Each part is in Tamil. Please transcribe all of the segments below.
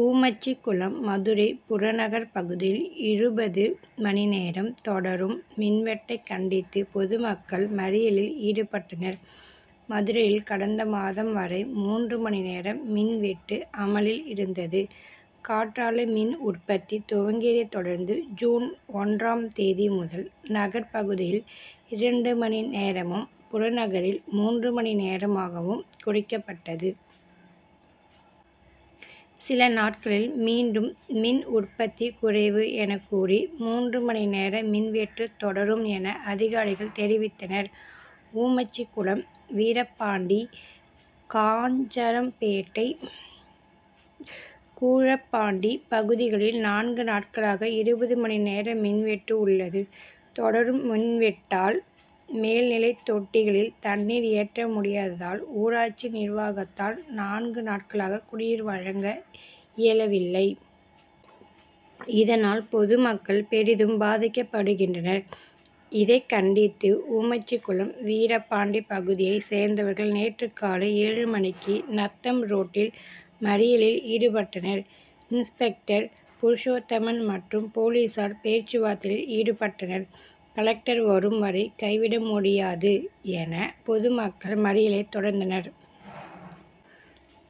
ஊமச்சிகுளம் மதுரை புறநகர் பகுதியில் இருபது மணி நேரம் தொடரும் மின்வெட்டை கண்டித்து பொதுமக்கள் மறியலில் ஈடுபட்டனர். மதுரையில் கடந்த மாதம் வரை மூன்று மணி நேரம் மின்வெட்டு அமலில் இருந்தது. காற்றாலை மின் உற்பத்தி துவங்கியதை தொடர்ந்து ஜூன் ஒன்றாம் தேதி முதல் நகர் பகுதியில் இரண்டு மணி நேரமும், புறநகரில் மூன்று மணி நேரமாகவும் குறைக்கப்பட்டது. சில நாட்களில் மீண்டும் மின் உற்பத்தி குறைவு என கூறி, மூன்று மணி நேர மின்வெட்டு தொடரும் என அதிகாரிகள் தெரிவித்தனர். ஊமச்சிகுளம், வீரபாண்டி, காஞ்சரம்பேட்டை, கூழப்பாண்டி பகுதிகளில் நான்கு நாட்களாக இருபது மணி நேர மின்வெட்டு உள்ளது. தொடரும் மின்வெட்டால், மேல் நிலைத் தொட்டிகளில் தண்ணீர் ஏற்ற முடியாததால் ஊராட்சி நிர்வாகத்தால் நான்கு நாட்களாக குடிநீர் வழங்க இயலவில்லை. இதனால் பொதுமக்கள் பெரிதும் பாதிக்கப்படுகின்றனர். இதை கண்டித்து ஊமச்சிகுளம், வீரபாண்டி பகுதியை சேர்ந்தவர்கள் நேற்று காலை ஏழு மணிக்கு நத்தம் ரோட்டில் மறியலில் ஈடுபட்டனர். இன்ஸ்பெக்டர் புருஷோத்தமன் மற்றும் போலீசார் பேச்சுவார்த்தையில் ஈடுபட்டனர். கலெக்டர் வரும் வரை கைவிட மடியாது என பொதுமக்கள் மறியலை தொடர்ந்தனர்.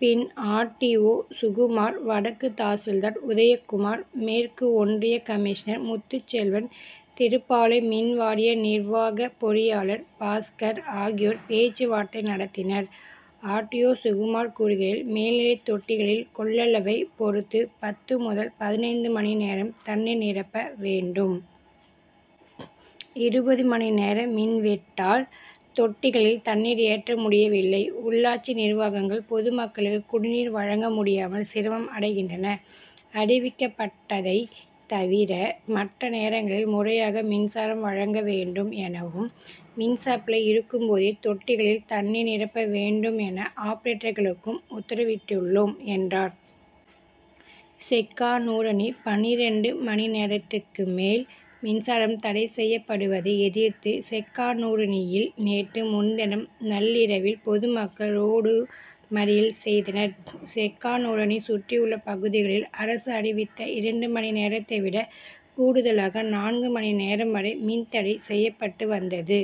பின் ஆர். டி. ஓ., சுகுமார், வடக்கு தாசில்தார் உதயக்குமார், மேற்கு ஒன்றிய கமிஷனர் முத்துச்செல்வன், திருப்பாலை மின்வாரிய நிர்வாக பொறியாளர் பாஸ்கர் ஆகியோர் பேச்சுவார்த்தை நடத்தினர். ஆர். டி. ஓ., சுகுமார் கூறுகையில், மேல்நிலைத் தொட்டிகளின் கொள்ளளவை பொறுத்து பத்து முதல் பதினைந்து மணி நேரம் தண்ணீர் நிரப்ப வேண்டும். இருபது மணி நேர மின்வெட்டால் தொட்டிகளில் தண்ணீர் ஏற்ற முடியவில்லை. உள்ளாட்சி நிர்வாகங்கள் பொதுமக்களுக்கு குடிநீர் வழங்க முடியாமல் சிரமம் அடைகின்றன. அறிவிக்கப்பட்டதை தவிர மற்ற நேரங்களில் முறையாக மின்சாரம் வழங்க வேண்டும் எனவும், மின்சப்ளை இருக்கும்போதே தொட்டிகளில் தண்ணீர் நிரப்ப வேண்டும் என ஆப்பரேட்டர்களுக்கும் உத்தரவிட்டுள்ளோம், என்றார். செக்கானூரணி பன்னிரண்டு மணி நேரத்திற்கும் மேல் மின்சாரம் தடை செய்யப்படுவதை எதிர்த்து செக்கானூரணியில் நேற்று முன்தினம் நள்ளிரவில் பொதுமக்கள் ரோடு மறியல் செய்தனர். செக்கானூரணி, சுற்றியுள்ள பகுதிகளில் அரசு அறிவித்த இரண்டு மணி நேரத்தைவிட கூடுதலாக நான்கு மணி நேரம்வரை மின் தடை செய்யப்பட்டு வந்தது.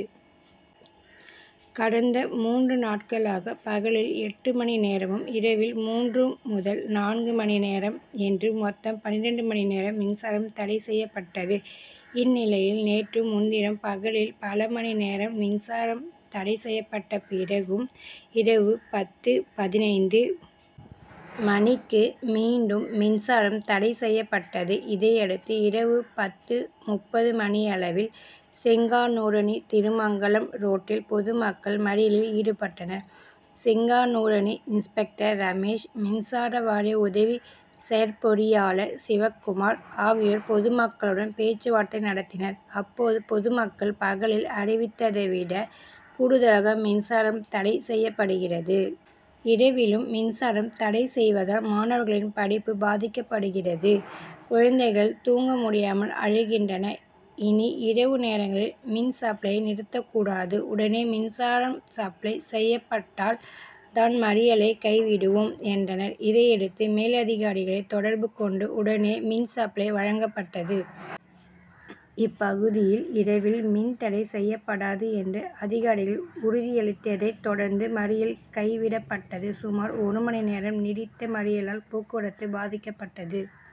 கடந்த மூன்று நாட்களாக பகலில் எட்டு மணி நேரமும், இரவில் மூன்று முதல் நான்கு மணி நேரம் என்று மொத்தம் பன்னிரண்டு மணி நேரம் மின்சாரம் தடை செய்யப்பட்டது. இந்நிலையில் நேற்று முன்தினம் பகலில் பல மணி நேரம் மின்சாரம் தடை செய்யப்பட்ட பிறகும் இரவு பத்து.பதினைந்து மணிக்கு மீண்டும் மின்சாரம் தடை செய்யப்பட்டது. இதையடுத்து இரவு பத்து.முப்பது மணியளவில் செக்கானூரணி-திருமங்கலம் ரோட்டில் பொது மக்கள் மறியலில் ஈடுபட்டனர். செக்கானூரணி இன்ஸ்பெக்டர் ரமேஷ், மின்சார வாரிய உதவி செயற்பொறியாளர் சிவக்குமார் ஆகியோர் பொதுமக்களுடன் பேச்சுவார்த்தை நடத்தினர். அப்போது பொதுமக்கள் பகலில் அறிவித்ததை விட கூடுதலாக மின்சாரம் தடை செய்யப்படுகிறது. இரவிலும் மின்சாரம் தடை செய்வதால் மாணவர்களின் படிப்பு பாதிக்கப்படுகிறது. குழந்தைகள் தூங்க முடியாமல் அழுகின்றன. இனி இரவு நேரங்களில் மின் சப்ளையை நிறுத்த கூடாது. உடனே மின்சாரம் சப்ளை செய்யப்பட்டால் தான் மறியலை கைவிடுவோம் என்றனர். இதையடுத்து மேலதிகாரிகளை தொடர்பு கொண்டு உடனே மின் சப்ளை வழங்கப்பட்டது. இப்பகுதியில் இரவில் மின் தடை செய்யப்படாது என்று அதிகாரிகள் உறுதியளித்ததைத் தொடர்ந்து மறியல் கை விடப்பட்டது. சுமார் ஒரு மணி நேரம் நீடித்த மறியலால் போக்குவரத்து பாதிக்கப்பட்டது.